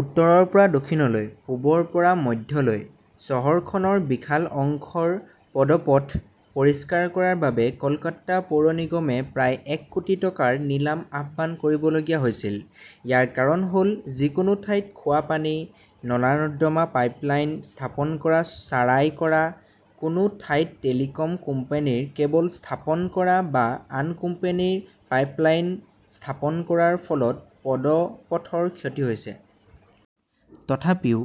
উত্তৰৰ পৰা দক্ষিণলৈ, পূবৰ পৰা মধ্যলৈ, চহৰখনৰ বিশাল অংশৰ পদপথ পৰিষ্কাৰ কৰাৰ বাবে কলকাতা পৌৰ নিগমে প্ৰায় এক কোটি টকাৰ নিলাম আহ্বান কৰিবলগীয়া হৈছিল! ইয়াৰ কাৰণ হ'ল, যিকোনো ঠাইত খোৱা পানী, নলা-নৰ্দমা পাইপলাইন স্থাপন কৰা, চাৰাই কৰা, কোনো ঠাইত টেলিকম কোম্পেনীৰ কেবল স্থাপন কৰা বা আন কোম্পেনীৰ পাইপলাইন স্থাপন কৰাৰ ফলত পদপথৰ ক্ষতি হৈছে। তথাপিও,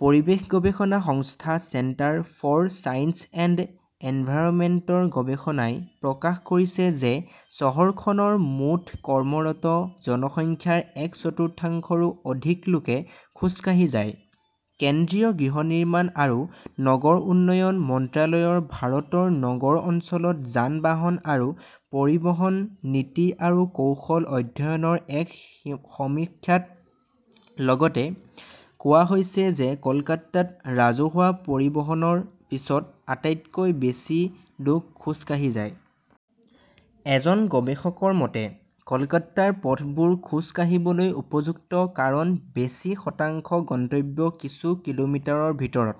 পৰিৱেশ গৱেষণা সংস্থা চেণ্টাৰ ফৰ ছায়েন্স এণ্ড এনভাৰমেণ্টৰ গৱেষণাই প্ৰকাশ কৰিছে যে চহৰখনৰ মুঠ কৰ্মৰত জনসংখ্যাৰ এক চতুৰ্থাংশৰো অধিক লোকে খোজ কাঢ়ি যায়। কেন্দ্ৰীয় গৃহ নিৰ্মাণ আৰু নগৰ উন্নয়ন মন্ত্ৰালয়ৰ ভাৰতৰ নগৰ অঞ্চলত যান-বাহন আৰু পৰিবহণ নীতি আৰু কৌশল অধ্যয়নৰ এক সমীক্ষাত লগতে কোৱা হৈছে যে কলকাতাত ৰাজহুৱা পৰিবহণৰ পিছত আটাইতকৈ বেছি লোক খোজ কাঢ়ি যায়। এজন গৱেষকৰ মতে, কলকাতাৰ পথবোৰ খোজ কাঢ়িবলৈ উপযুক্ত কাৰণ বেছি শতাংশ গন্তব্য কিছু কিলোমিটাৰৰ ভিতৰত।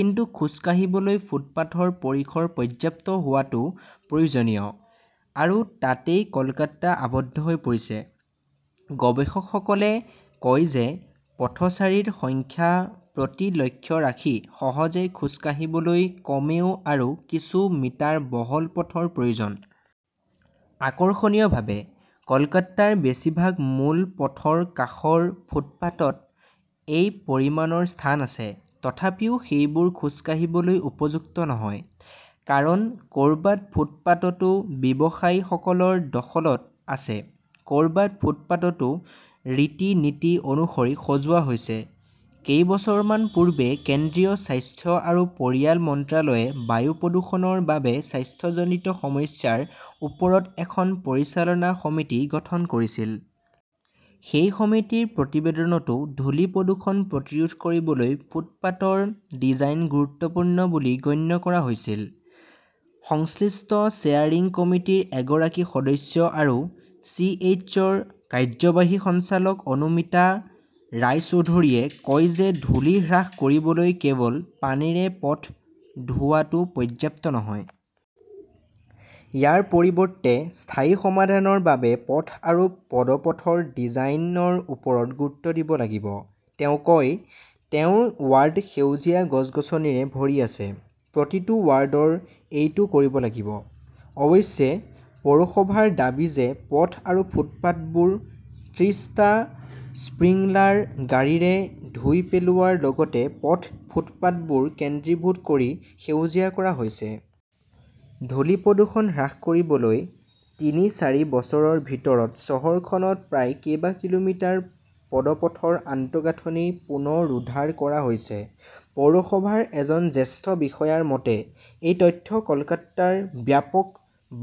কিন্তু খোজ কাঢ়িবলৈ ফুটপাতৰ পৰিসৰ পৰ্যাপ্ত হোৱাটো প্ৰয়োজনীয়। আৰু তাতেই কলকাতা আবদ্ধ হৈ পৰিছে। গৱেষকসকলে কয় যে পথচাৰীৰ সংখ্যাৰ প্ৰতি লক্ষ্য ৰাখি সহজে খোজ কাঢ়িবলৈ কমেও‌ আৰু কিছু মিটাৰ বহল পথৰ প্ৰয়োজন। আকৰ্ষণীয়ভাৱে, কলকাতাৰ বেছিভাগ মূল পথৰ কাষৰ ফুটপাতত এই পৰিমাণৰ স্থান আছে। তথাপিও সেইবোৰ খোজ কাঢ়িবলৈ উপযুক্ত নহয়। কাৰণ ক'ৰবাত ফুটপাতটো ব্যৱসায়ী সকলৰ দখলত আছে, ক'ৰবাত ফুটপাতটো ৰীতি-নীতি অনুসৰি সজোৱা হৈছে। কেইবছৰমান পূৰ্বে কেন্দ্ৰীয় স্বাস্থ্য আৰু পৰিয়াল মন্ত্ৰালয়ে বায়ু প্ৰদূষণৰ বাবে স্বাস্থ্যজনিত সমস্যাৰ ওপৰত এখন পৰিচালনা সমিতি গঠন কৰিছিল। সেই সমিতিৰ প্ৰতিবেদনতো ধূলি-প্ৰদূষণ প্ৰতিৰোধ কৰিবলৈ ফুটপাতৰ ডিজাইন গুৰুত্বপূৰ্ণ বুলি গণ্য কৰা হৈছিল। সংশ্লিষ্ট চেয়াৰিং কমিটিৰ এগৰাকী সদস্য আৰু চিএইছৰ কাৰ্যবাহী সঞ্চালক অনুমিতা ৰায়চৌধৰীয়েও কয় যে ধূলি হ্ৰাস কৰিবলৈ কেৱল পানীৰে পথ ধোৱাটো পৰ্যাপ্ত নহয়। ইয়াৰ পৰিৱৰ্তে স্থায়ী সমাধানৰ বাবে পথ আৰু পদপথৰ ডিজাইনৰ ওপৰত গুৰুত্ব দিব লাগিব। তেওঁ কয়, তেওঁৰ ৱাৰ্ড সেউজীয়া গছ-গছনিৰে ভৰি আছে। প্ৰতিটো ৱাৰ্ডৰ এইটো কৰিব লাগিব। অৱশ্যে, পৌৰসভাৰ দাবী যে পথ আৰু ফুটপাতবোৰ ত্ৰিশটা স্প্ৰিংলাৰ গাড়ীৰে ধুই পেলোৱাৰ লগতে পথ, ফুটপাতবোৰ কেন্দ্ৰীভূত কৰি সেউজীয়া কৰা হৈছে। ধূলি-প্ৰদূষণ হ্ৰাস কৰিবলৈ তিনি-চাৰি বছৰৰ ভিতৰত চহৰখনত প্ৰায় কেইবা কিলোমিটাৰ পদপথৰ আন্তঃগাঁথনি পুনৰুদ্ধাৰ কৰা হৈছে, পৌৰসভাৰ এজন জ্যেষ্ঠ বিষয়াৰ মতে। এই তথ্য কলকাতাৰ ব্যাপক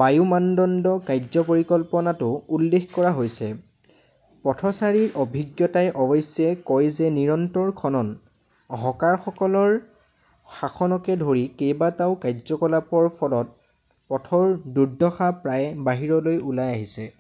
বায়ু মানদণ্ড কাৰ্য্য পৰিকল্পনাতো উল্লেখ কৰা হৈছে। পথচাৰীৰ অভিজ্ঞতাই অৱশ্যে কয় যে নিৰন্তৰ খনন, হকাৰসকলৰ শাসনকে ধৰি কেইবাটাও কাৰ্যকলাপৰ ফলত পথৰ দুৰ্দশা প্ৰায়ে বাহিৰলৈ ওলাই আহিছে।